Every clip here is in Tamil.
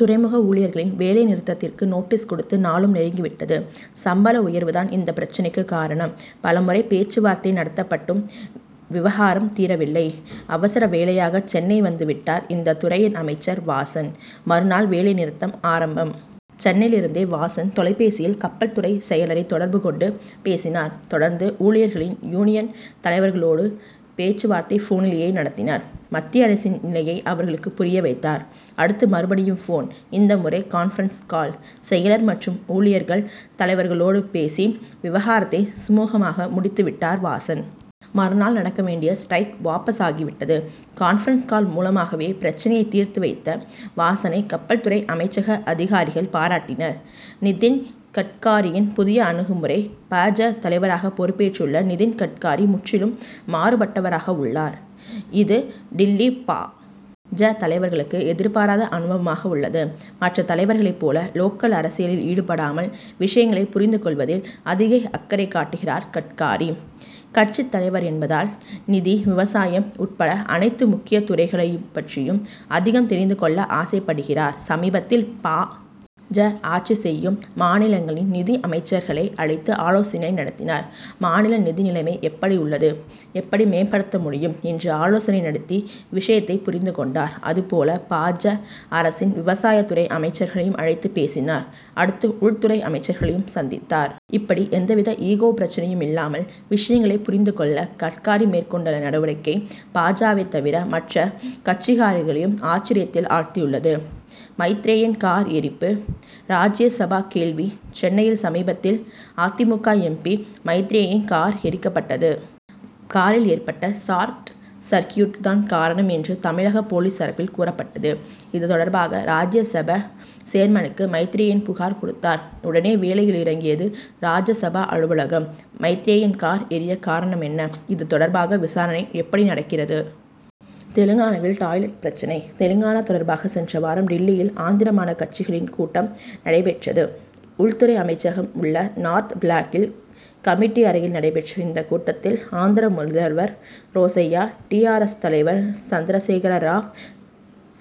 துறைமுக ஊழியர்களின் வேலை நிறுத்தத்திற்கு நோட்டீஸ் கொடுத்து நாளும் நெருங்கி விட்டது. சம்பள உயர்வுதான் இந்த பிரச்னைக்குக் காரணம். பலமுறை பேச்சு வார்த்தை நடத்தப்பட்டும் விவகாரம் தீரவில்லை. அவசர வேலையாக சென்னை வந்து விட்டார் இந்த துறையின் அமைச்சர் வாசன். மறுநாள் வேலை நிறுத்தம் ஆரம்பம். சென்னையிலிருந்த வாசன், தொலைபேசியில் கப்பல்துறை செயலரை தொடர்பு கொண்டு பேசினார். தொடர்ந்து ஊழியர்களின் யூனியன் தலைவர்களோடும் பேச்சு வார்த்தை போனிலேயே நடத்தினார். மத்திய அரசின் நிலையை அவர்களுக்கு புரிய வைத்தார். அடுத்து மறுபடியும் போன், இந்த முறை கான்பிரன்ஸ் கால். செயலர் மற்றும் ஊழியர்கள் தலைவர்களோடு பேசி, விவகாரத்தை சுமுகமாக முடித்து விட்டார் வாசன். மறுநாள் நடக்க வேண்டிய ஸ்டிரைக் வாபஸ் ஆகிவிட்டது. 'கான்பிரன்ஸ் கால்' மூலமாகவே பிரச்னையை தீர்த்து வைத்த வாசனை கப்பல் துறை அமைச்சக அதிகாரிகள் பாராட்டினர். நிதின் கட்காரியின் புதிய அணுகுமுறை பா. ஜ., தலைவராக பொறுப்பேற்றுள்ள நிதின் கட்காரி, முற்றிலும் மாறுபட்டவராக உள்ளார். இது டில்லி பா. ஜ., தலைவர்களுக்கு எதிர்பாராத அனுபவமாக உள்ளது. மற்ற தலைவர்களைப் போல லோக்கல் அரசியலில் ஈடுபடாமல் விஷயங்களை புரிந்து கொள்வதில் அதிக அக்கறை காட்டுகிறார் கட்காரி. கட்சித் தலைவர் என்பதால், நிதி, விவசாயம் உட்பட அனைத்து முக்கிய துறைகளைப் பற்றியும் அதிகம் தெரிந்து கொள்ள ஆசைப்படுகிறார். சமீபத்தில், பா. ஜ. ஆட்சி செய்யும் மாநிலங்களின் நிதி அமைச்சர்களை அழைத்து ஆலோசனை நடத்தினார். 'மாநில நிதி நிலைமை எப்படி உள்ளது? எப்படி மேம்படுத்த முடியும்? என்று ஆலோசனை நடத்தி விஷயத்தை புரிந்து கொண்டார். அதேபோல பா. ஜ., அரசின் விவசாயத் துறை அமைச்சர்களையும் அழைத்துப் பேசினார். அடுத்து உள்துறை அமைச்சர்களை சந்தித்தார். இப்படி எந்தவித ஈகோ பிரச்னையும் இல்லாமல் விஷயங்களைப் புரிந்துகொள்ள கட்காரி மேற்கொண்டுள்ள நடவடிக்கை பா. ஜ.,வைத் தவிர மற்ற கட்சிக்காரர்களையும் ஆச்சரியத்தில் ஆழ்த்தியுள்ளது. மைத்ரேயன் கார் எரிப்பு ராஜ்ய சபா கேள்வி சென்னையில் சமீபத்தில் அ. தி. மு. க., எம். பி., மைத்ரேயனின் கார் எரிக்கப்பட்டது. காரில் ஏற்பட்ட ஷார்ட் சர்க்கியூட் தான் காரணம் என்று தமிழக போலீஸ் தரப்பில் கூறப்பட்டது. இது தொடர்பாக ராஜ்ய சபா சேர்மனுக்கு மைத்ரேயன் புகார் கொடுத்தார். உடனே வேலையில் இறங்கியது ராஜ்யசபா அலுவலகம். மைத்ரேயன் கார் எரிய காரணம் என்ன? இது தொடர்பாக விசாரணை எப்படி நடக்கிறது? தெலுங்கானாவில் டாய்லெட் பிரச்னை தெலுங்கானா தொடர்பாக சென்ற வாரம் டில்லியில் ஆந்திர மாநில கட்சிகளின் கூட்டம் நடைபெற்றது. உள்துறை அமைச்சகம் உள்ள நார்த் ப்ளாக்கில் கமிட்டி அறையில் நடைபெற்ற இந்தக் கூட்டத்தில், ஆந்திர முதல்வர் ரோசய்யா, டி. ஆர். எஸ்., தலைவர் சந்திரசேகர ராவ்,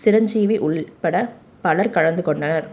சிரஞ்சீவி உள்பட பலர் கலந்துகொண்டனர்.